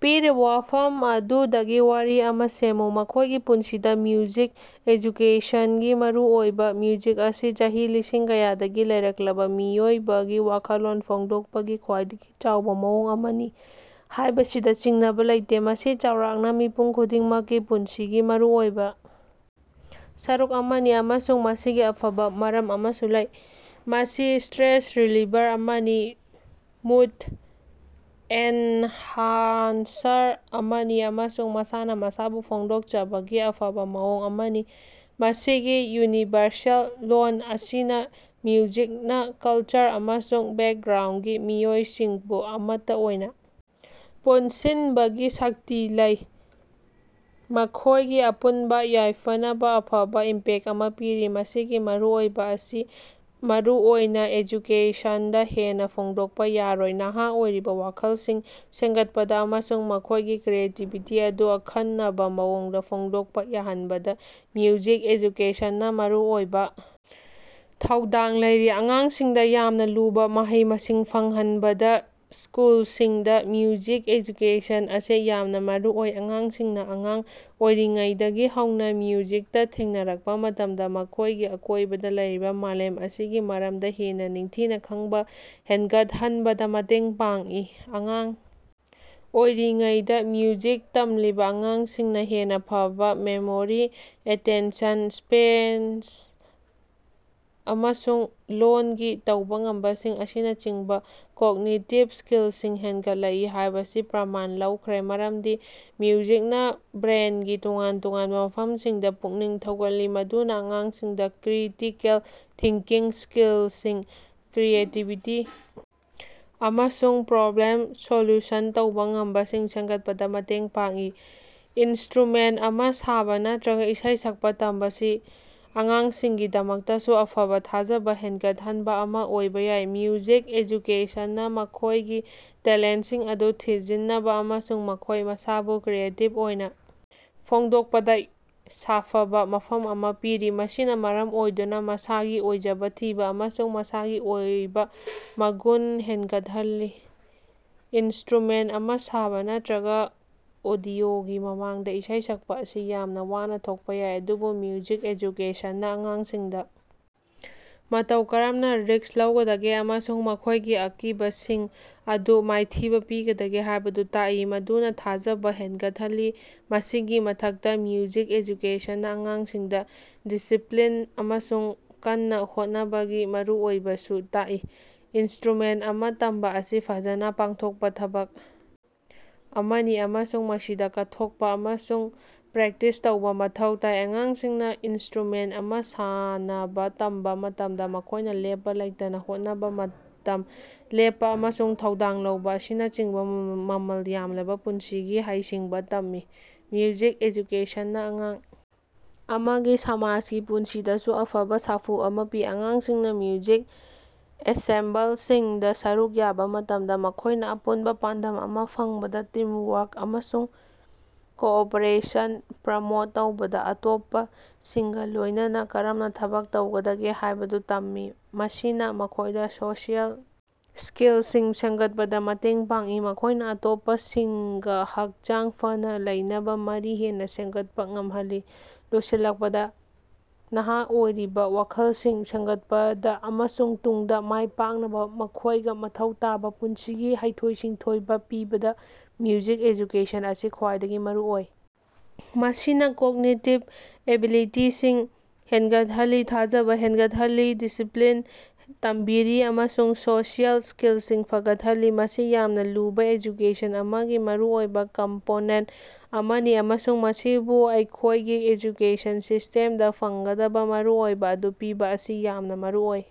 ꯄꯤꯔꯤꯕ ꯋꯥꯐꯝ ꯑꯗꯨꯗꯒꯤ ꯋꯥꯔꯤ ꯑꯃꯥ ꯁꯦꯝꯃꯨ꯫ ꯑꯩꯈꯣꯏꯒꯤ ꯄꯨꯟꯁꯤꯗ ꯃ꯭ꯌꯨꯖꯤꯛ ꯑꯦꯖꯨꯀꯦꯁꯟꯒꯤ ꯃꯔꯨꯑꯣꯏꯕ꯫ ꯃ꯭ꯌꯨꯖꯤꯛ ꯑꯁꯤ ꯆꯍꯤ ꯂꯤꯁꯤꯡ ꯀꯌꯥꯗꯒꯤ ꯂꯩꯔꯛꯂꯕ ꯃꯤꯑꯣꯏꯕꯒꯤ ꯋꯥꯈꯜꯂꯣꯟ ꯐꯣꯡꯗꯣꯛꯄꯒꯤ ꯈ꯭ꯋꯥꯏꯗꯒꯤ ꯆꯥꯎꯕ ꯃꯑꯣꯡ ꯑꯃꯅꯤ ꯍꯥꯏꯕꯁꯤꯗ ꯆꯤꯡꯅꯕ ꯂꯩꯇꯦ꯫ ꯃꯁꯤ ꯆꯥꯎꯔꯥꯛꯅ ꯃꯤꯄꯨꯝ ꯈꯨꯗꯤꯡꯃꯛꯀꯤ ꯄꯨꯟꯁꯤꯒꯤ ꯃꯔꯨꯑꯣꯏꯕ ꯁꯔꯨꯛ ꯑꯃꯅꯤ, ꯑꯃꯁꯨꯡ ꯃꯁꯤꯒꯤ ꯑꯐꯕ ꯃꯔꯝ ꯑꯃꯁꯨ ꯂꯩ꯫ ꯃꯁꯤ ꯁ꯭ꯇꯔꯦꯁ ꯔꯤꯂꯤꯚꯔ ꯑꯃꯅꯤ, ꯃꯨꯗ ꯑꯦꯟꯍꯥꯟꯁꯔ ꯑꯃꯅꯤ ꯑꯃꯁꯨꯡ ꯃꯁꯥꯅ ꯃꯁꯥꯕꯨ ꯐꯣꯡꯗꯣꯛꯆꯕꯒꯤ ꯑꯐꯕ ꯃꯑꯣꯡ ꯑꯃꯅꯤ꯫ ꯃꯁꯤꯒꯤ ꯌꯨꯅꯤꯚꯔꯁꯦꯜ ꯂꯣꯜ ꯑꯁꯤꯅ ꯃ꯭ꯌꯨꯖꯤꯛꯅ ꯀꯜꯆꯔ ꯑꯃꯁꯨꯡ ꯕꯦꯛꯒ꯭ꯔꯥꯎꯟꯒꯤ ꯃꯤꯑꯣꯏꯁꯤꯡꯕꯨ ꯑꯃꯠꯇ ꯑꯣꯏꯅ ꯄꯨꯟꯁꯤꯟꯕꯒꯤ ꯁꯛꯇꯤ ꯂꯩ, ꯃꯈꯣꯏꯒꯤ ꯑꯄꯨꯟꯕ ꯌꯥꯏꯐꯅꯕ ꯑꯐꯕ ꯏꯝꯄꯦꯛ ꯑꯃꯥ ꯄꯤꯔꯤ꯫ ꯃꯁꯤꯒꯤ ꯃꯔꯨꯑꯣꯏꯕ ꯑꯁꯤ ꯃꯔꯨꯑꯣꯏꯅ ꯑꯦꯖꯨꯀꯦꯁꯟꯗ ꯍꯦꯟꯅ ꯐꯣꯡꯗꯣꯛꯄ ꯌꯥꯔꯣꯏ꯫ ꯅꯍꯥ ꯑꯣꯏꯔꯤꯕ ꯋꯥꯈꯜꯁꯤꯡ ꯁꯦꯝꯒꯠꯄꯗ ꯑꯃꯁꯨꯡ ꯃꯈꯣꯏꯒꯤ ꯀ꯭ꯔꯤꯌꯦꯇꯤꯕꯤꯇꯤ ꯑꯗꯨ ꯑꯈꯟꯅꯕ ꯃꯑꯣꯡꯗ ꯐꯣꯡꯗꯣꯛꯄ ꯌꯥꯍꯟꯕꯗ ꯃ꯭ꯌꯨꯖꯤꯛ ꯑꯦꯖꯨꯀꯦꯁꯟꯅ ꯃꯔꯨꯑꯣꯏꯕ ꯊꯧꯗꯥꯡ ꯂꯩꯔꯤ꯫ ꯑꯉꯥꯡꯁꯤꯡꯗ ꯌꯥꯝꯅ ꯂꯨꯕ ꯃꯍꯩ-ꯃꯁꯤꯡ ꯐꯪꯍꯟꯕꯗ ꯁ꯭ꯀꯨꯜꯁꯤꯡꯗ ꯃ꯭ꯌꯨꯖꯤꯛ ꯑꯦꯖꯨꯀꯦꯁꯟ ꯑꯁꯤ ꯌꯥꯝꯅ ꯃꯔꯨꯑꯣꯏ꯫ ꯑꯉꯥꯡꯁꯤꯡꯅ ꯑꯉꯥꯡ ꯑꯣꯏꯔꯤꯉꯩꯗꯒꯤ ꯍꯧꯅ ꯃ꯭ꯌꯨꯖꯤꯛꯇ ꯊꯦꯡꯅꯔꯛꯄ ꯃꯇꯝꯗ, ꯃꯈꯣꯏꯒꯤ ꯑꯀꯣꯏꯕꯗ ꯂꯩꯔꯤꯕ ꯃꯥꯂꯦꯝ ꯑꯁꯤꯒꯤ ꯃꯔꯝꯗ ꯍꯦꯟꯅ ꯅꯤꯡꯊꯤꯅ ꯈꯪꯕ ꯍꯦꯟꯒꯠꯍꯟꯕꯗ ꯃꯇꯦꯡ ꯄꯥꯡꯏ꯫ ꯑꯉꯥꯡ ꯑꯣꯏꯔꯤꯉꯩꯗꯥ ꯃ꯭ꯌꯨꯖꯤꯛ ꯇꯝꯂꯤꯕ ꯑꯉꯥꯡꯁꯤꯡꯅ ꯍꯦꯟꯅ ꯐꯕꯥ ꯃꯦꯃꯣꯔꯤ, ꯑꯦꯇꯦꯟꯁꯟ ꯁ꯭ꯄꯦꯟ, ꯑꯃꯁꯨꯡ ꯂꯣꯜꯒꯤ ꯇꯧꯕ ꯉꯝꯕꯁꯤꯡ ꯑꯁꯤꯅꯆꯤꯡꯕ ꯀꯣꯒꯅꯤꯇꯤꯚ ꯁ꯭ꯀꯤꯜꯁꯤꯡ ꯍꯦꯟꯒꯠꯂꯛꯏ ꯍꯥꯏꯕꯁꯤ ꯄ꯭ꯔꯃꯥꯟ ꯇꯧꯈ꯭ꯔꯦ꯫ ꯃꯔꯝꯗꯤ ꯃ꯭ꯌꯨꯖꯤꯛꯅ ꯕ꯭ꯔꯦꯟꯒꯤ ꯇꯣꯉꯥꯟ-ꯇꯣꯉꯥꯟꯕ ꯃꯐꯝꯁꯤꯡꯗ ꯄꯨꯛꯅꯤꯡ ꯊꯧꯒꯠꯂꯤ, ꯃꯗꯨꯅ ꯑꯉꯥꯡꯁꯤꯡꯗ ꯀ꯭ꯔꯤꯇꯤꯀꯦꯜ ꯊꯤꯡꯀꯤꯡ ꯁ꯭ꯀꯤꯜꯁꯤꯡ, ꯀ꯭ꯔꯤꯌꯦꯇꯤꯚꯤꯇꯤ ꯑꯃꯁꯨꯡ ꯄ꯭ꯔꯣꯕ꯭ꯂꯦꯝ ꯁꯣꯜꯌꯨꯁꯟ ꯇꯧꯕ ꯉꯝꯕꯁꯤꯡ ꯁꯦꯝꯒꯠꯄꯗ ꯃꯇꯦꯡ ꯄꯥꯡꯏ꯫ ꯏꯟꯁ꯭ꯇꯔꯨꯃꯦꯟ ꯑꯃꯥ ꯁꯥꯕ ꯅꯠꯇꯔꯒ ꯏꯁꯩ ꯁꯛꯄ ꯇꯝꯕꯁꯤ ꯑꯉꯥꯡꯁꯤꯡꯒꯤꯗꯃꯛꯇꯁꯨ ꯑꯐꯕ ꯊꯥꯖꯕ ꯍꯦꯟꯒꯠꯍꯟꯕ ꯑꯃꯥ ꯑꯣꯏꯕ ꯌꯥꯏ꯫ ꯃ꯭ꯌꯨꯖꯤꯛ ꯑꯦꯖꯨꯀꯦꯁꯟꯅ ꯃꯈꯣꯏꯒꯤ ꯇꯦꯂꯦꯟꯁꯤꯡ ꯑꯗꯨ ꯊꯤꯖꯤꯟꯅꯕ ꯑꯃꯁꯨꯡ ꯃꯈꯣꯏ ꯃꯁꯥꯕꯨ ꯀ꯭ꯔꯤꯌꯦꯇꯤꯕ ꯑꯣꯏꯅ ꯐꯣꯡꯗꯣꯛꯄꯗ ꯁꯥꯐꯕ ꯃꯐꯝ ꯑꯃ ꯄꯤꯔꯤ, ꯃꯁꯤꯅ ꯃꯔꯝ ꯑꯣꯏꯗꯨꯅ ꯃꯁꯥꯒꯤ ꯑꯣꯏꯖꯕ ꯊꯤꯕ ꯑꯃꯁꯨꯡ ꯃꯁꯥꯒꯤ ꯑꯣꯏꯕ ꯃꯒꯨꯟ ꯍꯦꯟꯒꯠꯍꯜꯂꯤ꯫ ꯏꯟꯁꯇ꯭ꯔꯨꯃꯦꯟ ꯑꯃꯥ ꯁꯥꯕ ꯅꯠꯇꯔꯒ ꯑꯣꯗꯤꯑꯣꯒꯤ ꯃꯃꯥꯡꯗ ꯏꯁꯩ ꯁꯛꯄ ꯑꯁꯤ ꯌꯥꯝꯅ ꯋꯥꯅ ꯊꯣꯛꯄ ꯌꯥꯏ, ꯑꯗꯨꯕꯨ ꯃ꯭ꯌꯨꯖꯤꯛ ꯑꯦꯖꯨꯀꯦꯁꯟꯅ ꯑꯉꯥꯡꯁꯤꯡꯗ ꯃꯇꯧ ꯀꯔꯝꯅ ꯔꯤꯁ꯭ꯛ ꯂꯧꯒꯗꯒꯦ ꯑꯃꯁꯨꯡ ꯃꯈꯣꯏꯒꯤ ꯑꯀꯤꯕꯁꯤꯡ ꯑꯗꯨ ꯃꯥꯏꯊꯤꯕ ꯄꯤꯒꯗꯒꯦ ꯍꯥꯏꯕꯗꯨ ꯇꯥꯛꯏ, ꯃꯗꯨꯅ ꯊꯥꯖꯕ ꯍꯦꯟꯒꯠꯍꯜꯂꯤ꯫ ꯃꯁꯤꯒꯤ ꯃꯊꯛꯇ, ꯃ꯭ꯌꯨꯖꯤꯛ ꯑꯦꯖꯨꯀꯦꯁꯟꯅ ꯑꯉꯥꯡꯁꯤꯡꯗ ꯗꯤꯁꯤꯄ‌꯭ꯂꯤꯟ ꯑꯃꯁꯨꯡ ꯀꯟꯅ ꯍꯣꯠꯅꯕꯒꯤ ꯃꯔꯨꯑꯣꯏꯕꯁꯨ ꯇꯥꯛꯏ꯫ ꯏꯟꯁ꯭ꯇꯔꯨꯃꯦꯟ ꯑꯃꯥ ꯇꯝꯕ ꯑꯁꯤ ꯐꯖꯅ ꯄꯥꯡꯊꯣꯛꯄ ꯊꯕꯛ ꯑꯃꯅꯤ ꯑꯃꯁꯨꯡ ꯃꯁꯤꯗ ꯀꯠꯊꯣꯛꯄ ꯑꯃꯁꯨꯡ ꯄ꯭ꯔꯦꯛꯇꯤꯁ ꯇꯧꯕ ꯃꯊꯧ ꯇꯥꯏ꯫ ꯑꯉꯥꯡꯁꯤꯡꯅ ꯏꯟꯁ꯭ꯇꯔꯨꯃꯦꯟ ꯑꯃꯥ ꯁꯥꯟꯅꯕ ꯇꯝꯕ ꯃꯇꯝꯗ, ꯃꯈꯣꯏꯅ ꯂꯦꯞꯄ ꯂꯩꯇꯅ ꯍꯣꯠꯅꯕ, ꯃꯇꯝ ꯂꯦꯞꯄ ꯑꯃꯁꯨꯡ ꯊꯧꯗꯥꯡ ꯂꯧꯕ ꯑꯁꯤꯅꯆꯤꯡꯕ ꯃꯃꯜ ꯌꯥꯝꯂꯕ ꯄꯨꯟꯁꯤꯒꯤ ꯍꯩꯁꯤꯡꯕ ꯇꯝꯃꯤ꯫ ꯃ꯭ꯌꯨꯖꯤꯛ ꯑꯦꯖꯨꯀꯦꯁꯟꯅ ꯑꯉꯥꯡ ꯑꯃꯒꯤ ꯁꯃꯥꯖꯒꯤ ꯄꯨꯟꯁꯤꯗꯁꯨ ꯑꯐꯕ ꯁꯥꯐꯨ ꯑꯃꯥ ꯄꯤ꯫ ꯑꯉꯥꯡꯁꯤꯡꯅ ꯃ꯭ꯌꯨꯖꯤꯛ ꯑꯦꯟꯁꯦꯝꯕꯜꯁꯤꯡꯗ ꯁꯔꯨꯛ ꯌꯥꯕ ꯃꯇꯝꯗ, ꯃꯈꯣꯏꯅ ꯑꯄꯨꯟꯕ ꯄꯥꯟꯗꯝ ꯑꯃꯥ ꯐꯪꯕꯗ, ꯇꯤꯝꯋꯥꯔꯛ ꯑꯃꯁꯨꯡ ꯀꯣꯑꯣꯄꯔꯦꯁꯟ ꯄ꯭ꯔꯃꯣꯠ ꯇꯧꯕꯗ ꯑꯇꯣꯞꯄꯁꯤꯡꯒ ꯂꯣꯏꯅꯅꯥ ꯀꯔꯝꯅ ꯊꯕꯛ ꯇꯧꯒꯗꯒꯦ ꯍꯥꯏꯕꯗꯨ ꯇꯝꯃꯤ꯫ ꯃꯁꯤꯅ ꯃꯈꯣꯏꯗ ꯁꯣꯁꯤꯑꯦꯜ ꯁ꯭ꯀꯤꯜꯁꯤꯡ ꯁꯦꯝꯒꯠꯄꯗ ꯃꯇꯦꯡ ꯄꯥꯡꯏ, ꯃꯈꯣꯏꯅ ꯑꯇꯣꯞꯄꯁꯤꯡꯒ ꯍꯛꯆꯥꯡ ꯐꯅꯥ ꯂꯩꯅꯕ ꯃꯔꯤ ꯍꯦꯟꯅ ꯁꯦꯝꯒꯠꯄꯥ ꯉꯝꯍꯜꯂꯤ꯫ ꯂꯣꯏꯁꯤꯜꯂꯛꯄꯗ, ꯅꯍꯥ ꯑꯣꯏꯔꯤꯕꯥ ꯋꯥꯈꯜꯁꯤꯡ ꯁꯦꯝꯒꯠꯄꯗ ꯑꯃꯁꯨꯡ ꯇꯨꯡꯗ ꯃꯥꯏ ꯄꯥꯛꯅꯕ ꯃꯈꯣꯏꯗ ꯃꯊꯧ ꯇꯥꯕ ꯄꯨꯟꯁꯤꯒꯤ ꯍꯩꯊꯣꯏ-ꯁꯤꯡꯊꯣꯏꯕ ꯄꯤꯕꯗ ꯃ꯭ꯌꯨꯖꯤꯛ ꯑꯦꯖꯨꯀꯦꯁꯟ ꯑꯁꯤ ꯈ꯭ꯋꯥꯏꯗꯒꯤ ꯃꯔꯨꯑꯣꯏ꯫ ꯃꯁꯤꯅ ꯀꯣꯒꯅꯤꯇꯤꯚ ꯑꯦꯕꯤꯂꯤꯇꯤꯁꯤꯡ ꯍꯦꯟꯒꯠꯍꯜꯂꯤ, ꯊꯥꯖꯕ ꯍꯦꯟꯒꯠꯍꯜꯂꯤ, ꯗꯤꯁꯤꯄ꯭ꯂꯤꯟ ꯇꯝꯕꯤꯔꯤ ꯑꯃꯁꯨꯡ ꯁꯣꯁꯤꯑꯦꯜ ꯁ꯭ꯀꯤꯜꯁꯤꯡ ꯐꯒꯠꯍꯜꯂꯤ꯫ ꯃꯁꯤ ꯌꯥꯝꯅ ꯂꯨꯕ ꯑꯦꯖꯨꯀꯦꯁꯟ ꯑꯃꯒꯤ ꯃꯔꯨꯑꯣꯏꯕ ꯀꯝꯄꯣꯅꯦꯟ ꯑꯃꯅꯤ, ꯑꯃꯁꯨꯡ ꯃꯁꯤꯕꯨ ꯑꯩꯈꯣꯏꯒꯤ ꯑꯦꯖꯨꯀꯦꯁꯟ ꯁꯤꯁ꯭ꯇꯦꯝꯗ ꯐꯪꯒꯗꯕ ꯃꯔꯨꯑꯣꯏꯕ ꯑꯗꯨ ꯄꯤꯕ ꯑꯁꯤ ꯌꯥꯝꯅ ꯃꯔꯨꯑꯣꯏ꯫